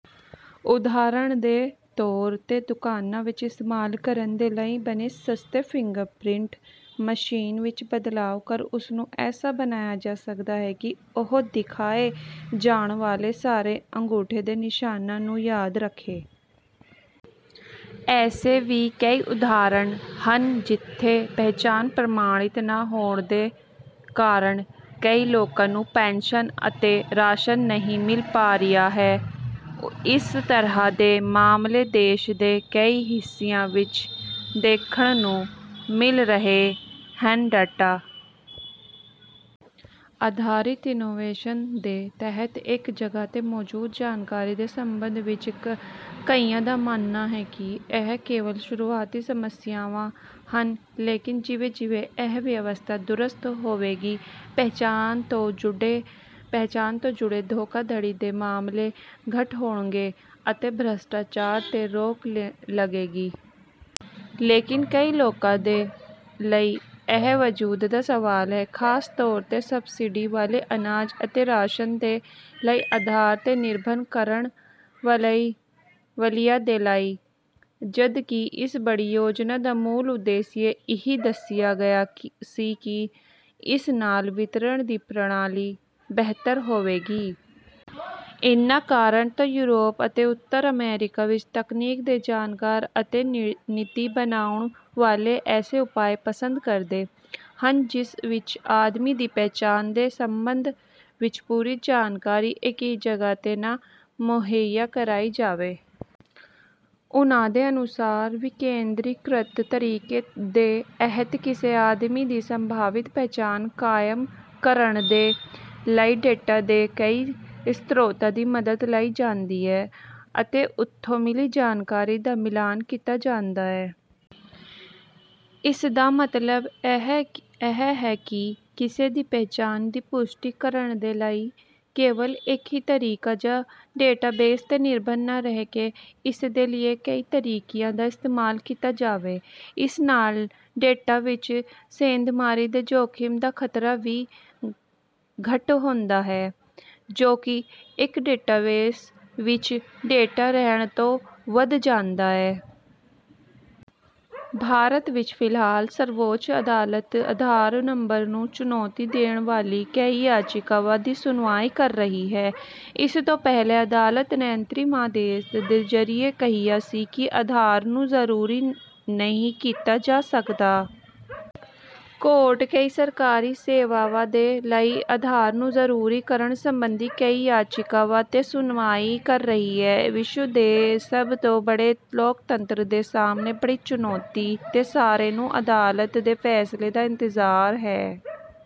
ਉਦਾਹਰਣ ਦੇ ਤੌਰ ਤੇ ਦੁਕਾਨਾਂ ਵਿੱਚ ਇਸਤੇਮਾਲ ਕਰਨ ਦੇ ਲਈ ਬਣੇ ਸਸਤੇ ਫਿੰਗਰਪ੍ਰਿੰਟ ਮਸ਼ੀਨ ਵਿੱਚ ਬਦਲਾਵ ਕਰ ਉਸਨੂੰ ਐਸਾ ਬਣਾਇਆ ਜਾ ਸਕਦਾ ਹੈ ਕਿ ਉਹ ਦਿਖਾਏ ਜਾਣ ਵਾਲੇ ਸਾਰੇ ਅੰਗੂਠੇ ਦੇ ਨਿਸ਼ਾਨਾਂ ਨੂੰ ਯਾਦ ਰੱਖੇ। ਐਸੇ ਵੀ ਕਈ ਉਦਾਹਰਣ ਹਨ ਜਿੱਥੇ ਪਛਾਣ ਪ੍ਰਮਾਣਿਤ ਨਾ ਹੋਣ ਦੇ ਕਾਰਣ ਕਈ ਲੋਕਾਂ ਨੂੰ ਪੈਨਸ਼ਨ ਅਤੇ ਰਾਸ਼ਨ ਨਹੀ ਮਿਲ ਪਾ ਰਿਹਾ ਹੈ। ਇਸ ਤਰਾਂ ਦੇ ਮਾਮਲੇ ਦੇਸ ਦੇ ਕਈ ਹਿੱਸਿਆਂ ਵਿੱਚ ਦੇਖਣ ਨੂੰ ਮਿਲ ਰਹੇ ਹਨ। ਡੇਟਾ ਆਧਾਰਿਤ ਇਨੋਵੇਸ਼ਨ ਦੇ ਤਹਿਤ ਇੱਕ ਜਗਾਹ ਤੇ ਮੌਜੂਦ ਜਾਣਕਾਰੀ ਦੇ ਸੰਬੰਧ ਵਿੱਚ ਕਈਆਂ ਦਾ ਮੰਨਣਾ ਹੈ ਕਿ ਇਹ ਕੇਵਲ ਸ਼ੁਰੁਆਤੀ ਸਮੱਸਿਆਵਾਂ ਹਨ, ਲੇਕਿਨ ਜਿਵੇਂ ਜਿਵੇਂ ਇਹ ਵਿਵਸਥਾ ਦਰੁਸਤ ਹੋਵੇਗੀ ਪਛਾਣ ਤੋਂ ਜੁੜੇ ਧੋਖਾਧੜੀ ਦੇ ਮਾਮਲੇ ਘੱਟ ਹੋਣਗੇ ਅਤੇ ਭ੍ਰਿਸ਼ਟਾਚਾਰ ਤੇ ਰੋਕ ਲੱਗੇਗੀ। ਲੇਕਿਨ ਕਈ ਲੋਕਾਂ ਦੇ ਲਈ ਇਹ ਵਜੂਦ ਦਾ ਸਵਾਲ ਹੈ, ਖ਼ਾਸ ਤੌਰ ਤੇ ਸਬਸਿਡੀ ਵਾਲੇ ਅਨਾਜ ਅਤੇ ਰਾਸ਼ਨ ਦੇ ਲਈ ਆਧਾਰ ਤੇ ਨਿਰਭਰ ਕਰਨ ਵਾਲਿਆਂ ਦੇ ਲਈ। ਜਦ ਕਿ ਇਸ ਬੜੀ ਯੋਜਨਾ ਦਾ ਮੂਲ ਉਦੇਸ਼ ਇਹੀ ਦਸਿਆ ਗਿਆ ਸੀ ਕਿ ਇਸ ਨਾਲ ਵਿਤਰਣ ਦੀ ਪ੍ਰਣਾਲੀ ਬਿਹਤਰ ਹੋਵੇਗੀ। ਇਨ੍ਹਾਂ ਕਾਰਣਾਂ ਤੋਂ ਯੂਰੋਪ ਅਤੇ ਉੱਤਰ-ਅਮਰੀਕਾ ਵਿੱਚ ਤਕਨੀਕ ਦੇ ਜਾਣਕਾਰ ਅਤੇ ਨੀਤੀ ਬਣਾਉਣ ਵਾਲੇ ਐਸੇ ਉਪਾਅ ਪਸੰਦ ਕਰਦੇ ਹਨ ਜਿਸ ਵਿਚ ਆਦਮੀ ਦੀ ਪਛਾਣ ਦੇ ਸੰਬੰਧ ਵਿੱਚ ਪੂਰੀ ਜਾਣਕਾਰੀ ਇੱਕ ਹੀ ਜਗਾਹ ਤੇ ਨਾ ਮੁਹਈਆ ਕਰਾਈ ਜਾਵੇ। ਉਹਨਾਂ ਦੇ ਅਨੁਸਾਰ ਵਿਕੇਨਦ੍ਰੀਕਰਿਤ ਤਰੀਕੇ ਦੇ ਐਹਿਤ ਕਿਸੇ ਆਦਮੀ ਦੀ ਸੰਭਾਵਿਤ ਪਛਾਣ ਕਾਇਮ ਕਰਨ ਦੇ ਲਈ ਡੈਟਾ ਦੇ ਕਈ ਸ੍ਰੋਤਾਂ ਦੀ ਮੱਦਦ ਲਈ ਜਾਂਦੀ ਹੈ ਅਤੇ ਉਥੋਂ ਮਿਲੀ ਜਾਣਕਾਰੀ ਦਾ ਮਿਲਾਨ ਕੀਤਾ ਜਾਂਦਾ ਹੈ। ਇਸਦਾ ਮਤਲਬ ਇਹ ਹੈ ਕਿ ਕਿਸੇ ਦੀ ਪਛਾਣ ਦੀ ਪੁਸ਼ਟੀ ਕਰਨ ਦੇ ਲਈ ਕੇਵਲ ਇੱਕ ਹੀ ਤਰੀਕੇ ਜਾਂ ਡੈਟਾਬੇਸ ਤੇ ਨਿਰਭਰ ਨਾਂ ਰਹਿਕੇ ਇਸਦੇ ਲਈ ਕਈ ਤਰੀਕਿਆਂ ਦਾ ਇਸਤੇਮਾਲ ਕੀਤਾ ਜਾਵੇ। ਇਸ ਨਾਲ ਡੇਟਾ ਵਿੱਚ ਸੇਂਧਮਾਰੀ ਦੇ ਜੋਖਮ ਦਾ ਖ਼ਤਰਾ ਵੀ ਘੱਟ ਹੁੰਦਾ ਹੈ ਜੋ ਕਿ ਇੱਕ ਡੈਟਾਬੇਸ ਵਿੱਚ ਡੇਟਾ ਰਹਿਣ ਤੋਂ ਵਧ ਜਾਂਦਾ ਹੈ। ਭਾਰਤ ਵਿੱਚ ਫਿਲਹਾਲ ਸਰਵਉੱਚ ਅਦਾਲਤ, ਆਧਾਰ ਨੰਬਰ ਨੂੰ ਚੁਣੌਤੀ ਦੇਣ ਵਾਲੀ ਕਈ ਜਾਚਿਕਾਵਾਂ ਦੀ ਸੁਣਵਾਈ ਕਰ ਰਹੀ ਹੈ। ਇਸ ਤੋ ਪਹਿਲੇ ਅਦਾਲਤ ਨੇ ਅੰਤਰਿਮ ਆਦੇਸ਼ ਦੇ ਜ਼ਰੀਏ ਕਿਹਾ ਸੀ ਕਿ ਆਧਾਰ ਨੂੰ ਜਰੂਰੀ ਨਹੀ ਕੀਤਾ ਜਾ ਸਕਦਾ। ਕੋਰਟ ਕਈ ਸਰਕਾਰੀ ਸੇਵਾਵਾਂ ਦੇ ਲਈ ਆਧਾਰ ਨੂੰ ਜਰੂਰੀ ਕਰਨ ਸੰਬੰਧੀ ਕਈ ਯਾਚਿਕਾਵਾਂ ਤੇ ਸੁਣਵਾਈ ਕਰ ਰਹੀ ਹੈ। ਵਿਸ਼ਵ ਦੇ ਸਭ ਤੋਂ ਬੜੇ ਲੋਕਤੰਤਰ ਦੇ ਸਾਹਮਣੇ ਪੜੀ ਚੁਣੌਤੀ ਤੇ ਸਾਰੇ ਨੂੰ ਅਦਾਲਤ ਦੇ ਫ਼ੈਸਲੇ ਦਾ ਇੰਤਜ਼ਾਰ ਹੈ।